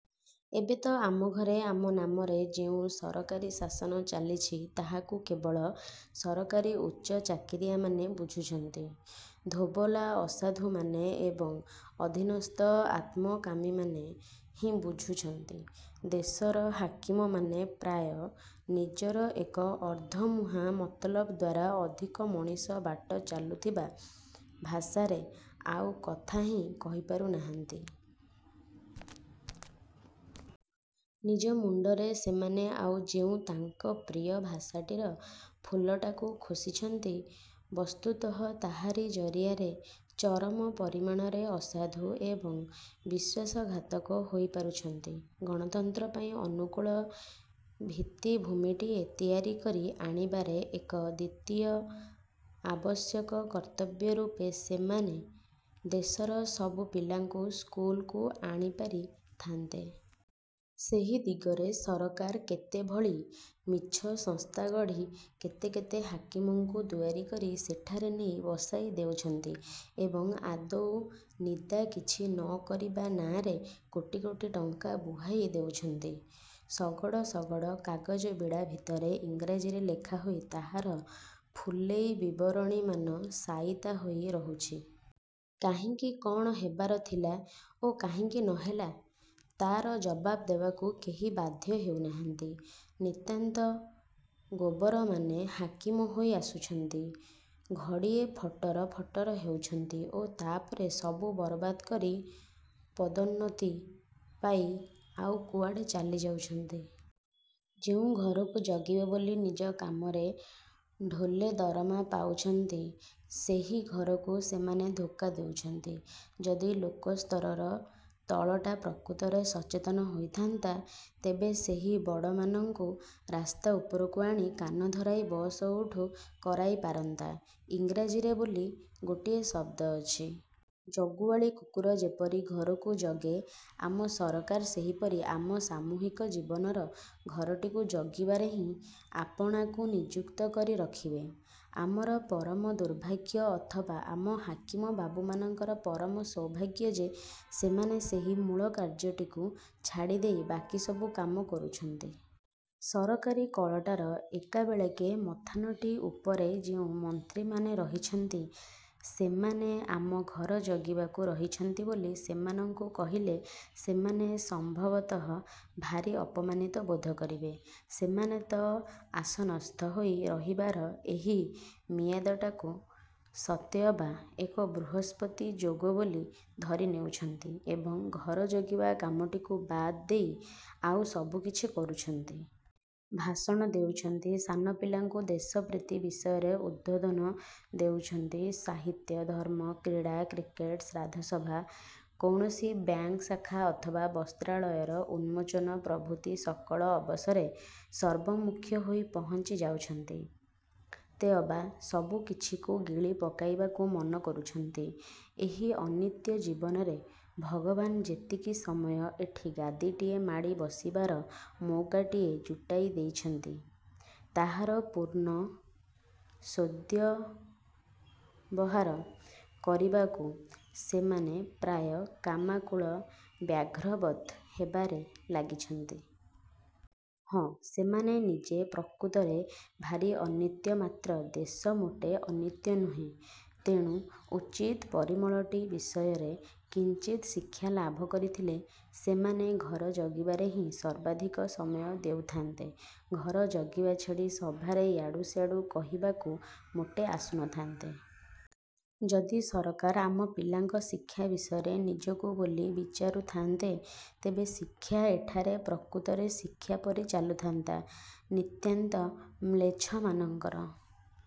ଏବେ ତ ଆମ ଘରେ ଆମ ନାମରେ ଯେଉଁ ସରକାରୀଶାସନ ଚାଲିଛି ତାହାକୁ କେବଳ ସରକାରୀ ଉଚ୍ଚ ଚାକିରିଆମାନେ ବୁଝୁଛନ୍ତି, ଧୋବଲା ଅସାଧୁମାନେ ଏବଂ ଅଧିନସ୍ଥ ଆତ୍ମକାମୀମାନେ ହିଁ ବୁଝୁଛନ୍ତି। ଦେଶର ହାକିମମାନେ ପ୍ରାୟ ନିଜର ଏକ ଅର୍ଥମୁହାଁ ମତଲବ ଦ୍ୱାରା ଅଧିକ ମଣିଷ ବାଟ ଚାଲୁଥିବା ଭାଷାରେ ଆଉ କଥା ହଁ କହିପାରୁ ନାହାନ୍ତି। ନିଜ ମୁଣ୍ଡରେ ସେମାନେ ଆଉ ଯେଉଁ ତାଙ୍କ ପ୍ରିୟ ଭାଷାଟିର ଫୁଲଟାକୁ ଖୋସିଛନ୍ତି, ବସ୍ତୁତଃ ତାହାରି ଜରିଆରେ ଚରମ ପରିମାଣରେ ଅସାଧୁ ଏବଂ ବିଶ୍ୱାସଘାତକ ହୋଇପାରୁଛନ୍ତି। ଗଣତନ୍ତ୍ର ପାଇଁ ଅନୁକୂଳ ଭିତ୍ତିଭୂମିଟିଏ ତିଆରିକରି ଆଣିବାରେ ଏକ ଦ୍ଵିତୀୟ ଆବଶ୍ୟକ କର୍ତ୍ତବ୍ୟ ରୂପେ ସେମାନେ ଦେଶର ସବୁ ପିଲାଙ୍କୁ ସ୍କୁଲକୁ ଆଣିପାରି ଥାଆନ୍ତେ। ସେହି ଦିଗରେ ସରକାର କେତେଭଳି ମିଛ ସଂସ୍ଥାଗଢ଼ି କେତେ କେତେ ହାକିମଙ୍କୁ ଦୁଆରୀ କରି ସେଠାରେ ନେଇ ବସାଇ ଦେଉଛନ୍ତି ଏବଂ ଆଦୌ ନିଦା କିଛି ନ କରିବା ନାଆଁରେ କୋଟି କୋଟି ଟଙ୍କା ବୁହାଇ ଦେଉଛନ୍ତି। ଶଗଡ଼ ଶଗଡ଼ କାଗଜବିଡ଼ା ଭିତରେ ଇଂରାଜୀରେ ଲେଖାହୋଇ ତାହାର ଫୁଲେଇ ବିବରଣୀମାନ ସାଇତା ହୋଇ ରହୁଛି। କାହିଁକି କଣ ହେବାର ଥିଲା ଓ କାହିଁକି ନହେଲା, ତାର ଜବାବ ଦେବାକୁ କେହି ବାଧ୍ୟ ହେଉନାହାନ୍ତି। ନିତାନ୍ତ ଗୋବରମାନେ ହାକିମ ହୋଇ ଆସୁଛନ୍ତି, ଘଡ଼ିଏ ଫଟର ଫଟର ହେଉଛନ୍ତି ଓ ତାପରେ ସବୁ ବରବାଦ କରି ପଦୋନ୍ନତି ପାଇ ଆଉ କୁଆଡ଼େ ଚାଲି ଯାଉଛନ୍ତି। ଯେଉଁ ଘରକୁ ଜଗିବେ ବୋଲି ନିଜ କାମରେ ଢୋଲେ ଦରମା ପାଉଛନ୍ତି, ସେହି ଘରକୁ ସେମାନେ ଧୋକା ଦେଉଛନ୍ତି। ଯଦି ଲୋକସ୍ତରର ତଳଟା ପ୍ରକୃତରେ ସଚେତନ ହୋଇଥାନ୍ତା, ତେବେ ସେହି ବଡ଼ମାନଙ୍କୁ ରାସ୍ତା ଉପରକୁ ଆଣି କାନ ଧରାଇ ବସ ଉଠ କରାଇପାରନ୍ତା। ଇଂରାଜୀରେ ବୋଲି ଗୋଟିଏ ଶବ୍ଦ ଅଛି। ଜଗୁଆଳି କୁକୁର ଯେପରି ଘରକୁ ଜଗେ, ଆମ ସରକାର ସେହିପରି ଆମ ସାମୂହିକ ଜୀବନର ଘରଟିକୁ ଜଗିବାରେ ହିଁ ଆପଣାକୁ ନିଯୁକ୍ତ କରି ରଖିବେ। ଆମର ପରମ ଦୁର୍ଭାଗ୍ୟ ଅଥବା ଆମ ହାକିମ ବାବୁମାନଙ୍କର ପରମ ସୌଭାଗ୍ୟ ଯେ ସେମାନେ ସେହି ମୂଳ କାର୍ଯ୍ୟଟିକୁ ଛାଡ଼ିଦେଇ ବାକି ସବୁ କାମ କରୁଛନ୍ତି। ସରକାରୀ କଳଟାର ଏକାବେଳେକେ ମଥାନଟି ଉପରେ ଯେଉଁ ମନ୍ତ୍ରୀମାନେ ରହିଛନ୍ତି। ସେମାନେ ଆମ ଘର ଜଗିବାକୁ ରହିଛନ୍ତି ବୋଲି ସେମାନଙ୍କୁ କହିଲେ ସେମାନେ ସମ୍ଭବତଃ ଭାରି ଅପମାନିତ ବୋଧ କରିବେ। ସେମାନେ ତ ଆସନସ୍ଥ ହୋଇ ରହିବାର ଏହି ମିଆଦଟାକୁ ସତେ ଅବା ଏକ ବୃହସ୍ପତି ଯୋଗ ବୋଲି ଧରି ନେଉଛନ୍ତି ଏବଂ ଘର ଜଗିବା କାମଟିକୁ ବାଦ୍ ଦେଇ ଆଉ ସବୁକିଛି କରୁଛନ୍ତି। ଭାଷଣ ଦେଉଛନ୍ତି, ସାନ ପିଲାମାନଙ୍କୁ ଦେଶପ୍ରୀତି ବିଷୟରେ ଉଦ୍ବୋଧନ ଦେଉଛନ୍ତି, ସାହିତ୍ୟ, ଧର୍ମ, କ୍ରୀଡ଼ା, କ୍ରିକେଟ, ଶ୍ରାଦ୍ଧସଭା, କୌଣସି ବ୍ୟାଙ୍କ ଶାଖା ଅଥବା ବସ୍ତ୍ରାଳୟର ଉନ୍ମୋଚନ ପ୍ରଭୃତି ସକଳ ଅବସରେ ସର୍ବମୁଖ୍ୟ ହୋଇ ପହଞ୍ଚି ଯାଉଛନ୍ତି। ତେଅବା ସବୁକିଛିକୁ ଗିଳି ପକାଇବାକୁ ମନ କରୁଛନ୍ତି। ଏହି ଅନିତ୍ୟ ଜୀବନରେ ଭଗବାନ ଯେତିକି ସମୟ ଏଠି ଗାଦୀଟିଏ ମାଡ଼ି ବସିବାର ମଉକାଟିଏ ଜୁଟାଇ ଦେଇଛନ୍ତି, ତାହାର ପୂର୍ଣ୍ଣ ସଦ୍ବ୍ୟବହାର କରିବାକୁ ସେମାନେ ପ୍ରାୟ କାମାକୁଳ ବ୍ୟାଘ୍ରବତ୍ ହେବାରେ ଲାଗିଛନ୍ତି। ହଁ ସେମାନେ ନିଜେ ପ୍ରକୃତରେ ଭାରି ଅନିତ୍ୟ ମାତ୍ର ଦେଶ ମୋଟେ ଅନିତ୍ୟ ନୁହେଁ, ତେଣୁ ଉଚିତ୍ ପରିମଳଟି ବିଷୟରେ କିଞ୍ଚିତ ଶିକ୍ଷାଲାଭ କରିଥିଲେ ସେମାନେ ଘର ଜଗିବାରେ ହିଁ ସର୍ବାଧିକ ସମୟ ଦେଉଥାନ୍ତେ। ଘର ଜଗିବା ଛାଡ଼ି ସଭାରେ ୟାଡୁସାଡୁ କହିବାକୁ ମୋଟେ ଆସୁନଥାନ୍ତେ। ଯଦି ସରକାର ଆମ ପିଲାଙ୍କ ଶିକ୍ଷା ବିଷୟରେ ନିଜକୁ ବୋଲି ବିଚାରୁ ଥାଆନ୍ତେ, ତେବେ ଶିକ୍ଷା ଏଠାରେ ପ୍ରକୃତରେ ଶିକ୍ଷା ପରି ଚାଲୁଥାନ୍ତା, ନିତାନ୍ତ ମ୍ଳେଚ୍ଛମାନଙ୍କର